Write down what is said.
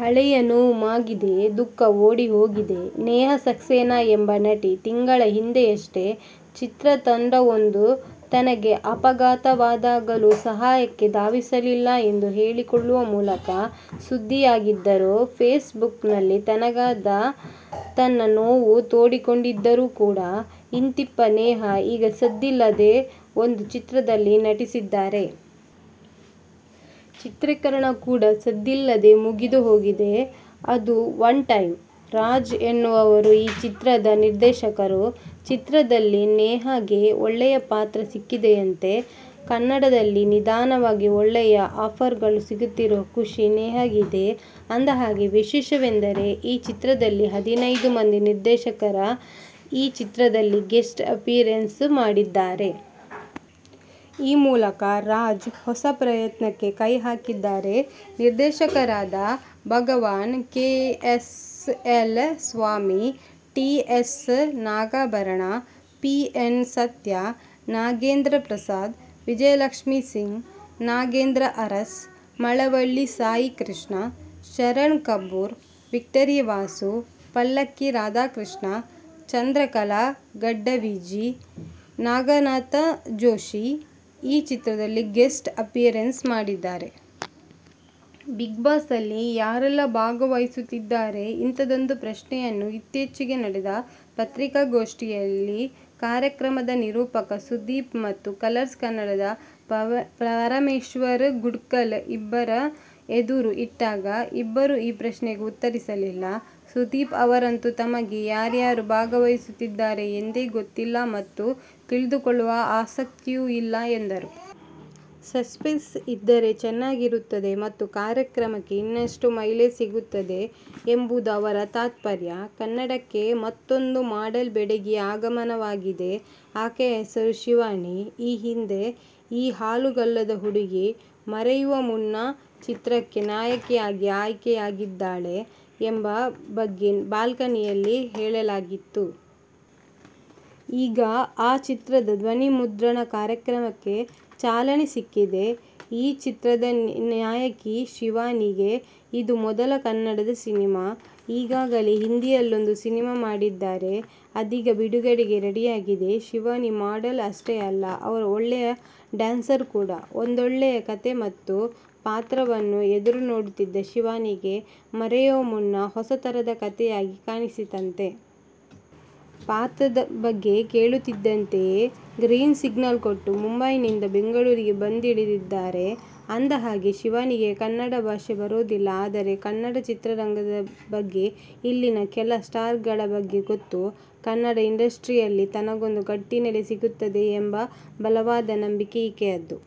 ಹಳೆಯ ನೋವು ಮಾಗಿದೆ, ದುಃಖ ಓಡಿ ಹೋಗಿದೆ. ನೇಹಾ ಸಕ್ಸೇನಾ ಎಂಬ ನಟಿ ತಿಂಗಳ ಹಿಂದೆಯಷ್ಟೇ ಚಿತ್ರತಂಡವೊಂದು ತನಗೆ ಅಪಘಾತವಾದಾಗಲೂ ಸಹಾಯಕ್ಕೆ ಧಾವಿಸಲಿಲ್ಲ ಎಂದು ಹೇಳಿಕೊಳ್ಳುವ ಮೂಲಕ ಸುದ್ದಿಯಾಗಿದ್ದರು. ಫೇಸ್ಬುಕ್ನಲ್ಲಿ ತನ್ನಗಾದ ತನ್ನ ನೋವು ತೋಡಿಕೊಂಡಿದ್ದರು ಕೂಡಾ. ಇಂತಿಪ್ಪ ನೇಹಾ ಈಗ ಸದ್ದಿಲ್ಲದೇ ಒಂದು ಚಿತ್ರದಲ್ಲಿ ನಟಿಸಿದ್ದಾರೆ. ಚಿತ್ರೀಕರಣ ಕೂಡಾ ಸದ್ದಿಲ್ಲದೇ ಮುಗಿದು ಹೋಗಿದೆ. ಅದು "ಒನ್ ಟೈಮ್'. ರಾಜ್ ಎನ್ನುವವರು ಈ ಚಿತ್ರದ ನಿರ್ದೇಶಕರು. ಚಿತ್ರದಲ್ಲಿ ನೇಹಾಗೆ ಒಳ್ಳೆಯ ಪಾತ್ರ ಸಿಕ್ಕಿದೆಯಂತೆ. ಕನ್ನಡದಲ್ಲಿ ನಿಧಾನವಾಗಿ ಒಳ್ಳೆಯ ಆಫರ್ಗಳು ಸಿಗುತ್ತಿರುವ ಖುಷಿ ನೇಹಾಗಿದೆ. ಅಂದಹಾಗೆ, ವಿಶೇಷವೆಂದರೆ ಈ ಚಿತ್ರದಲ್ಲಿ ಹದಿನೈದು ಮಂದಿ ನಿರ್ದೇಶಕರ ಈ ಚಿತ್ರದಲ್ಲಿ ಗೆಸ್ಟ್ ಅಪಿಯರೆನ್ಸ್ ಮಾಡಿದ್ದಾರೆ. ಈ ಮೂಲಕ ರಾಜ್ ಹೊಸ ಪ್ರಯತ್ನಕ್ಕೆ ಕೈ ಹಾಕಿದ್ದಾರೆ. ನಿರ್ದೇಶಕರಾದ Bhagwan, K. S. L. Swamy, T. S. Nagabharana, P. N. Sathya, Nagendra Prasad, Vijayalakshmi Singh, Nagendra Urs, Malavalli Saikrishna, Sharan Kabbur, Victory Vasu, Pallakki Radhakrishna, Chandrakala, Gaddaviji, Naganatha Joshi ಈ ಚಿತ್ರದಲ್ಲಿ ಗೆಸ್ಟ್ ಅಪಿಯರೆನ್ಸ್ ಮಾಡಿದ್ದಾರೆ. ಬಿಗ್ ಬಾಸ್ನಲ್ಲಿ ಯಾರೆಲ್ಲಾ ಭಾಗವಹಿಸುತ್ತಿದ್ದಾರೆ? ಇಂಥದ್ದೊಂದು ಪ್ರಶ್ನೆಯನ್ನು ಇತ್ತೀಚೆಗೆ ನಡೆದ ಪತ್ರಿಕಾಗೋಷ್ಠಿಯಲ್ಲಿ ಕಾರ್ಯಕ್ರಮದ ನಿರೂಪಕ ಸುದೀಪ್ ಮತು ಕಲರ್ಸ್ ಕನ್ನಡದ ಪರಮೇಶ್ವರ್ ಗುಂಡ್ಕಲ್ ಇಬ್ಬರ ಎದುರು ಇಟ್ಟಾಗ, ಇಬ್ಬರೂ ಆ ಪ್ರಶ್ನೆಗೆ ಉತ್ತರಿಸಲಿಲ್ಲ. ಸುದೀಪ್ ಅವರಂತೂ ತಮಗೆ ಯಾರ್ಯಾರು ಭಾಗವಹಿಸುತ್ತಿದ್ದಾರೆ ಎಂದೇ ಗೊತ್ತಿಲ್ಲ ಮತ್ತು ತಿಳಿದುಕೊಳ್ಳುವ ಆಸಕ್ತಿಯೂ ಇಲ್ಲ ಎಂದರು. ಸಸ್ಪೆನ್ಸ್ ಇದ್ದರೆ ಚೆನ್ನಾಗಿರುತ್ತದೆ ಮತ್ತು ಕಾರ್ಯಕ್ರಮಕ್ಕೆ ಇನ್ನಷ್ಟು ಮೈಲೇಜ್ ಸಿಗುತ್ತದೆ ಎಂಬುದು ಅವರ ತಾತ್ಪರ್ಯ. ಕನ್ನಡಕ್ಕೆ ಮತ್ತೂಬ್ಬ ಮಾಡೆಲ್ ಬೆಡಗಿಯ ಆಗಮನವಾಗಿದೆ. ಆಕೆಯ ಹೆಸರು ಶಿವಾನಿ. ಈ ಹಿಂದೆ ಈ ಹಾಲುಗಲ್ಲದ ಹುಡುಗಿ 'ಮರೆಯುವ ಮುನ್ನ' ಚಿತ್ರಕ್ಕೆ ನಾಯಕಿಯಾಗಿ ಆಯ್ಕೆಯಾಗಿದ್ದಾಳೆ ಎಂಬ ಬಗ್ಗೆ ಬಾಲ್ಕನಿಯಲ್ಲಿ ಹೇಳಲಾಗಿತ್ತು. ಈಗ ಆ ಚಿತ್ರದ ಧ್ವನಿಮುದ್ರಣ ಕಾರ್ಯಕ್ಕೆ ಚಾಲನೆ ಸಿಕ್ಕಿದೆ. ಈ ಚಿತ್ರದ ನಾಯಕಿ ಶಿವಾನಿಗೆ ಇದು ಕನ್ನಡದ ಮೊದಲ ಸಿನಿಮಾ. ಈಗಾಗಲೇ ಹಿಂದಿಯಲ್ಲೊಂದು ಸಿನಿಮಾ ಮಾಡಿದ್ದಾರೆ. ಅದೀಗ ಬಿಡುಗಡೆಗೆ ರೆಡಿಯಾಗಿದೆ. ಶಿವಾನಿ ಮಾಡೆಲ್ ಅಷ್ಟೇ ಅಲ್ಲ, ಅವರು ಒಳ್ಳೆಯ ಡ್ಯಾನ್ಸರ್ ಕೂಡ. ಒಂದೊಳ್ಳೆಯ ಕಥೆ ಮತ್ತು ಪಾತ್ರವನ್ನು ಎದುರುನೋಡುತ್ತಿದ್ದ ಶಿವಾನಿಗೆ, 'ಮರೆಯುವ ಮುನ್ನ' ಹೊಸತರಹದ ಕಥೆಯಾಗಿ ಕಾಣಿಸಿತಂತೆ. ಪಾತ್ರದ ಬಗ್ಗೆ ಕೇಳುತ್ತಿದ್ದಂತೆಯೇ ಗ್ರೀನ್ಸಿಗ್ನಲ್ ಕೊಟ್ಟು, ಮುಂಬೈನಿಂದ ಬೆಂಗಳೂರಿಗೆ ಬಂದಿಳಿದಿದ್ದಾರೆ. ಅಂದಹಾಗೆ, ಶಿವಾನಿಗೆ ಕನ್ನಡ ಭಾಷೆ ಬರೋದಿಲ್ಲ. ಆದರೆ, ಕನ್ನಡ ಚಿತ್ರರಂಗದ ಬಗ್ಗೆ ಇಲ್ಲಿನ ಕೆಲ ಸ್ಟಾರ್ಗಳ ಬಗ್ಗೆ ಗೊತ್ತು. ಕನ್ನಡ ಇಂಡಸ್ಟ್ರಿಯಲ್ಲಿ ತನಗೊಂದು ಗಟ್ಟಿ ನೆಲೆ ಸಿಗುತ್ತೆ ಎಂಬ ಬಲವಾದ ನಂಬಿಕೆ ಈಕೆಯದು.